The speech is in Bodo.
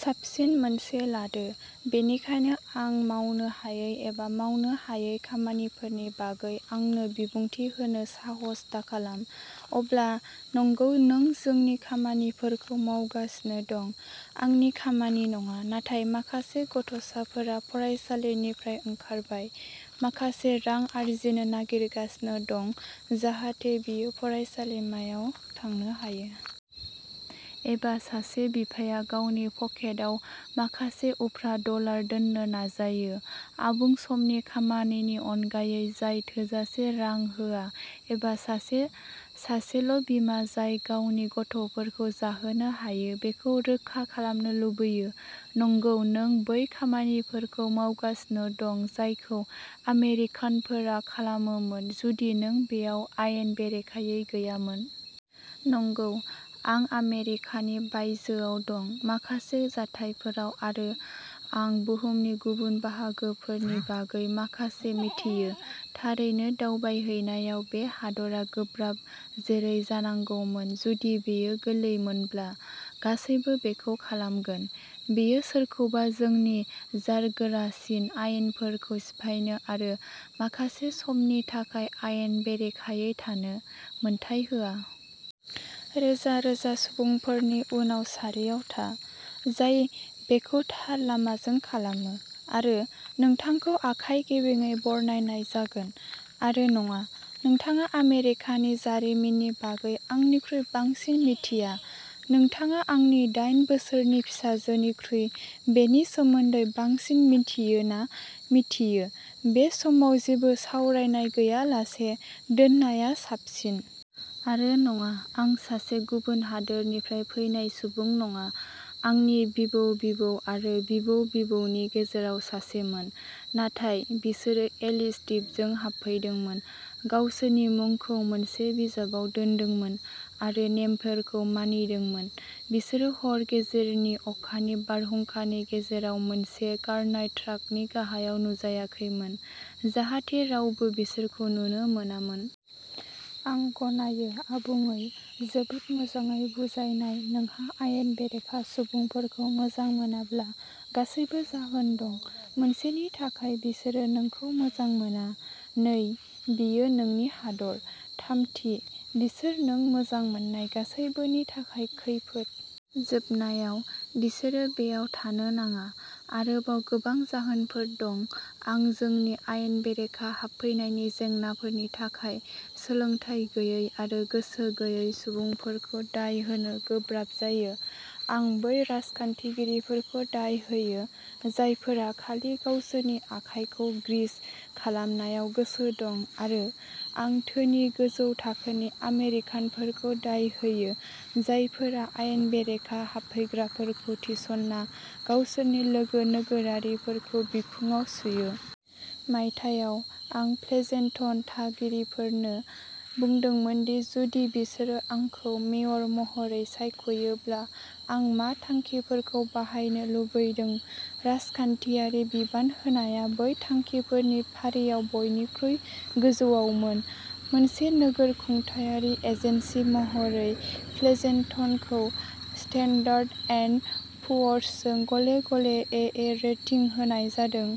साबसिन मोनसे लादो। बेनिखायनो आं मावनो हायै एबा मावनो हायै खामानिफोरनि बागै आंनो बिबुंथि होनो साहस दाखालाम। अब्ला नंगौ, नों जोंनि खामानिफोरखौ खावगासिनो दं। आंनि खामानि नङा, नाथाय माखासे गथ'साफोरा फरायसालिनिफ्राय ओंखारबाय, माखासे रां आर्जिनो नागिरगासिनो दं जाहाथे बियो फरायसालिमायाव थांनो हायो। एबा सासे बिफाया गावनि पकेटाव माखासे उफ्रा डलार दोन्नो नाजायो, आबुं समनि खामानिनि अनगायै जाय थोजासे रां होआ। एबा सासे सासेल'बिमा जाय गावनि गथ'फोरखौ जाहोनो हायो बेखौ रोखा खालामनो लुबैयो। नंगौ, नों बै खामानिफोरखौ खावगासिनो दं जायखौ आमेरिकानफोरा खालामोमोन जुदि नों बेयाव आयेन बेरेखायै गैयामोन। नंगौ, आं आमेरिकानि बायजोआव दं, माखासे जाथायफोराव, आरो आं बुहुमनि गुबुन बाहागोफोरनि बागै माखासे मिथियो। थारैनो दावबायहैनायाव। बे हादरा गोब्राब, जेरै जानांगौमोन। जुदि बेयो गोरलैमोनब्ला, गासैबो बेखौ खालामगोन। बेयो सोरखौबा जोंनि जारगोरासिन आयेनफोरखौ सिफायनो आरो "माखासे समनि थाखाय आयेन बेरेखायै थानो" मोन्थाइ होआ। रोजा रोजा सुबुंफोरनि उनाव सारियाव था, जाय बेखौ थार लामाजों खालामो, आरो नोंथांखौ आखाइ गेबेंयै बरनायनाय जागोन। आरो नङा, नोंथाङा आमेरिकानि जारिमिननि बागै आंनिख्रुइ बांसिन मिथिया। नोंथाङा आंनि दाइन बोसोरनि फिसाजोनिख्रुइ बेनि सोमोन्दै बांसिन मिन्थियो ना मिन्थियो, बे समाव जेबो सावरायनाय गैयालासे दोननाया साबसिन। आरो नङा, आं सासे गुबुन हादोरनिफ्राय फैनाय सुबुं नङा। आंनि बिबौ-बिबौ आरो बिबौ-बिबौनि गेजेराव सासेमोन। नाथाय बिसोरो एलिस दिपजों हाबफैदोंमोन, गावसोरनि मुंखौ मोनसे बिजाबाव दोनदोंमोन, आरो नेमफोरखौ मानिदोंमोन। बिसोरो हर गेजेरनि अखानि बारहुंखानि गेजेराव मोनसे गारनाय ट्राकनि गाहायाव नुजायाखैमोन जाहाथे रावबो बिसोरखौ नुनो मोनामोन। आं गनायो। आबुङै, जोबोद मोजाङै बुंजानाय। नोंहा आयेन बेरेखा सुबुंफोरखौ मोजां मोनाब्ला गासैबो जाहोन दं। मोनसेनि थाखाय, बिसोरो नोंखौ मोजां मोना। नै, बेयो नोंनि हादोर। थामथि, बिसोर नों मोजां मोननाय गासैबोनि थाखाय खैफोद। जोबनायाव, बिसोरो बेयाव थानो नाङा। आरोबाव गोबां जाहोनफोर दं। आं जोंनि आयेन बेरेखा हाबफैनायनि जेंनाफोरनि थाखाय सोलोंथाय गैयै आरो गोसो गैयै सुबुंफोरखौ दाय होनो गोब्राब जायो। आं बै राजखान्थिगिरिफोरखौ दाय होयो, जायफोरा खालि गावसोरनि आखाइखौ ग्रीस खालामनायाव गोसो दं आरो आं धोनि, गोजौ थाखोनि आमेरिकानफोरखौ दाय होयो, जायफोरा आयेन बेरेखा हाबफैग्राफोरखौ थिसनना गावसोरनि लोगो नोगोरारिफोरखौ बिखुङाव सुयो। मायथाइयाव, आं प्लेजेन्टन थागिरिफोरनो बुंदोंमोन दि जुदि बिसोरो आंखौ मेयर महरै सायखयोब्ला आं मा थांखिफोरखौ बाहायनो लुबैदों। रांखान्थियारि बिबान होनाया बै थांखिफोरनि फारियाव बयनिख्रुइ गोजौआवमोन। मोनसे नोगोर खुंथायारि एजेन्सि महरै, प्लेजेन्टनखौ स्टान्डार्ड एन्ड पुअर्सजों गले गले एए रेटिं होनाय जादों।